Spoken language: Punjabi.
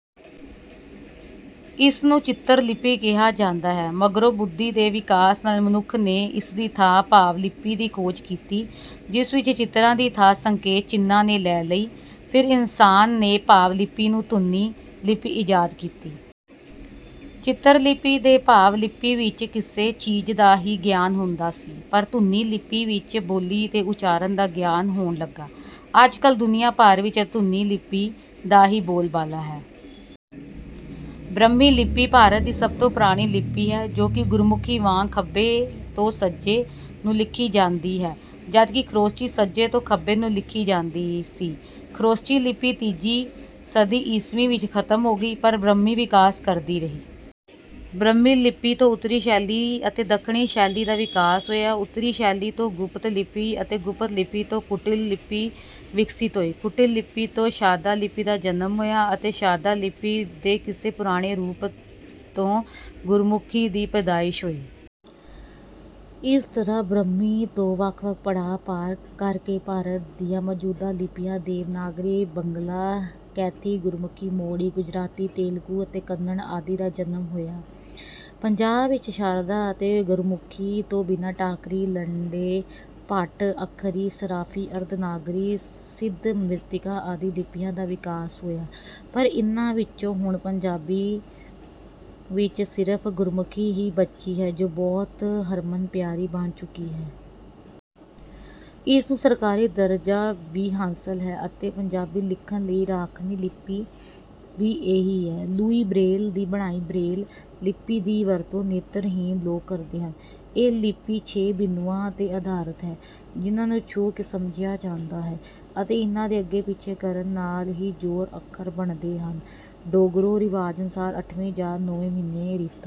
ਇਸਨੂੰ 'ਚਿਤਰ ਲਿਪੀ' ਕਿਹਾ ਜਾਂਦਾ ਹੈ। ਮਗਰੋਂ ਬੁੱਧੀ ਦੇ ਵਿਕਾਸ ਨਾਲ਼ ਮਨੁੱਖ ਨੇ ਇਸ ਦੀ ਥਾਂ 'ਭਾਵ ਲਿਪੀ' ਦੀ ਖੋਜ ਕੀਤੀ, ਜਿਸ ਵਿੱਚ ਚਿਤਰਾਂ ਦੀ ਥਾਂ ਸੰਕੇਤ-ਚਿੰਨ੍ਹਾਂ ਨੇ ਲੈ ਲਈ। ਫਿਰ ਇਨਸਾਨ ਨੇ 'ਭਾਵ ਲਿਪੀ' ਤੋਂ 'ਧੁਨੀ ਲਿਪੀ' ਈਜਾਦ ਕੀਤੀ। 'ਚਿਤਰ ਲਿਪੀ' ਅਤੇ 'ਭਾਵ ਲਿਪੀ' ਵਿੱਚ ਕਿਸੇ ਚੀਜ਼ ਦਾ ਹੀ ਗਿਆਨ ਹੁੰਦਾ ਸੀ, ਪਰ 'ਧੁਨੀ ਲਿਪੀ' ਵਿੱਚ ਬੋਲੀ ਦੇ ਉਚਾਰਣ ਦਾ ਗਿਆਨ ਹੋਣ ਲੱਗਾ। ਅੱਜ-ਕੱਲ੍ਹ ਦੁਨੀਆਂ ਭਰ ਵਿੱਚ 'ਧੁਨੀ' ਲਿਪੀਆਂ ਦਾ ਹੀ ਬੋਲਬਾਲਾ ਹੈ। ਬ੍ਰਹਮੀ ਲਿਪੀ ਭਾਰਤ ਦੀ ਸਭ ਤੋਂ ਪੁਰਾਣੀ ਲਿਪੀ ਹੈ, ਜੋ ਕਿ ਗੁਰਮੁਖੀ ਵਾਂਗ ਖੱਬੇ ਤੋਂ ਸੱਜੇ ਨੂੰ ਲਿਖੀ ਜਾਂਦੀ ਹੈ, ਜਦਕਿ ਖ਼ਰੋਸ਼ਠੀ ਸੱਜੇ ਤੋਂ ਖੱਬੇ ਨੂੰ ਲਿਖੀ ਜਾਂਦੀ ਸੀ। ਖ਼ਰੋਸ਼ਠੀ ਲਿਪੀ ਤੀਜੀ ਸਦੀ ਈਸਵੀ ਵਿੱਚ ਖ਼ਤਮ ਹੋ ਗਈ, ਪਰ ਬ੍ਰਹਮੀ ਵਿਕਾਸ ਕਰਦੀ ਰਹੀ। ਬ੍ਰਹਮੀ ਲਿਪੀ ਤੋਂ ਉੱਤਰੀ ਸ਼ੈਲੀ ਅਤੇ ਦੱਖਣੀ ਸ਼ੈਲੀ ਦਾ ਵਿਕਾਸ ਹੋਇਆ। ਉੱਤਰੀ ਸ਼ੈਲੀ ਤੋਂ ਗੁਪਤ ਲਿਪੀ ਅਤੇ ਗੁਪਤ ਲਿਪੀ ਤੋਂ ਕੁਟਿਲ ਲਿਪੀ ਵਿਕਸਿਤ ਹੋਈ। ਕੁਟਿਲ ਲਿਪੀ ਤੋਂ ਸ਼ਾਰਦਾ ਲਿਪੀ ਦਾ ਜਨਮ ਹੋਇਆ ਅਤੇ ਸ਼ਾਰਦਾ ਲਿਪੀ ਦੇ ਕਿਸੇ ਪੁਰਾਣੇ ਰੂਪ ਤੋਂ ਗੁਰਮੁਖੀ ਦੀ ਪੈਦਾਇਸ਼ ਹੋਈ। ਇਸ ਤਰ੍ਹਾਂ ਬ੍ਰਹਮੀ ਤੋਂ ਵੱਖ-ਵੱਖ ਪੜਾਅ ਪਾਰ ਕਰ ਕੇ ਭਾਰਤ ਦੀਆਂ ਮੌਜੂਦਾ ਲਿਪੀਆਂ- ਦੇਵਨਾਗਰੀ, ਬੰਗਲਾ, ਕੈਥੀ, ਗੁਰਮੁਖੀ, ਮੋੜੀ, ਗੁਜਰਾਤੀ, ਤੇਲਗੂ ਅਤੇ ਕੰਨੜ ਆਦਿ ਦਾ ਜਨਮ ਹੋਇਆ। ਪੰਜਾਬ ਵਿੱਚ ਸ਼ਾਰਦਾ ਅਤੇ ਗੁਰਮੁਖੀ ਤੋਂ ਬਿਨਾਂ ਟਾਕਰੀ, ਲੰਡੇ, ਭੱਟ ਅੱਖਰੀ, ਸਰਾਫ਼ੀ, ਅਰਧ-ਨਾਗਰੀ, ਸਿੱਧ-ਮਾਤ੍ਰਿਕਾ ਆਦਿ ਲਿਪੀਆਂ ਦਾ ਵਿਕਾਸ ਹੋਇਆ ਪਰ ਇਹਨਾਂ ਵਿੱਚੋਂ ਹੁਣ ਪੰਜਾਬ ਵਿੱਚ ਸਿਰਫ਼ ਗੁਰਮੁਖੀ ਹੀ ਬਚੀ ਹੈ, ਜੋ ਬਹੁਤ ਹਰਮਨ-ਪਿਆਰੀ ਬਣ ਚੁੱਕੀ ਹੈ। ਇਸ ਨੂੰ ਸਰਕਾਰੀ ਦਰਜਾ ਵੀ ਹਾਸਲ ਹੈ ਅਤੇ ਪੰਜਾਬੀ ਲਿਖਣ ਲਈ ਰਾਖਵੀਂ ਲਿਪੀ ਵੀ ਇਹੀ ਹੈ। ਲੂਈ ਬਰੇਲ ਦੀ ਬਣਾਈ ਬਰੇਲ ਲਿਪੀ ਦੀ ਵਰਤੋਂ ਨੇਤਰਹੀਣ ਲੋਕ ਕਰਦੇ ਹਨ। ਇਹ ਲਿਪੀ ਛੇ ਬਿੰਦੂਆਂ 'ਤੇ ਅਧਾਰਤ ਹੈ ਜਿਨ੍ਹਾਂ ਨੂੰ ਛੂਹ ਕੇ ਸਮਝਿਆ ਜਾਂਦਾ ਹੈ ਅਤੇ ਇਹਨਾਂ ਦੇ ਅੱਗੇ-ਪਿੱਛੇ ਕਰਨ ਨਾਲ਼ ਹੀ ਹੋਰ ਅੱਖਰ ਬਣਦੇ ਹਨ। ਡੋਗਰੇ ਰਿਵਾਜ਼ ਅਨੁਸਾਰ ਅੱਠਵੇਂ ਜਾਂ ਨੌਵੇਂ ਮਹੀਨੇ ਰੀਤਾਂ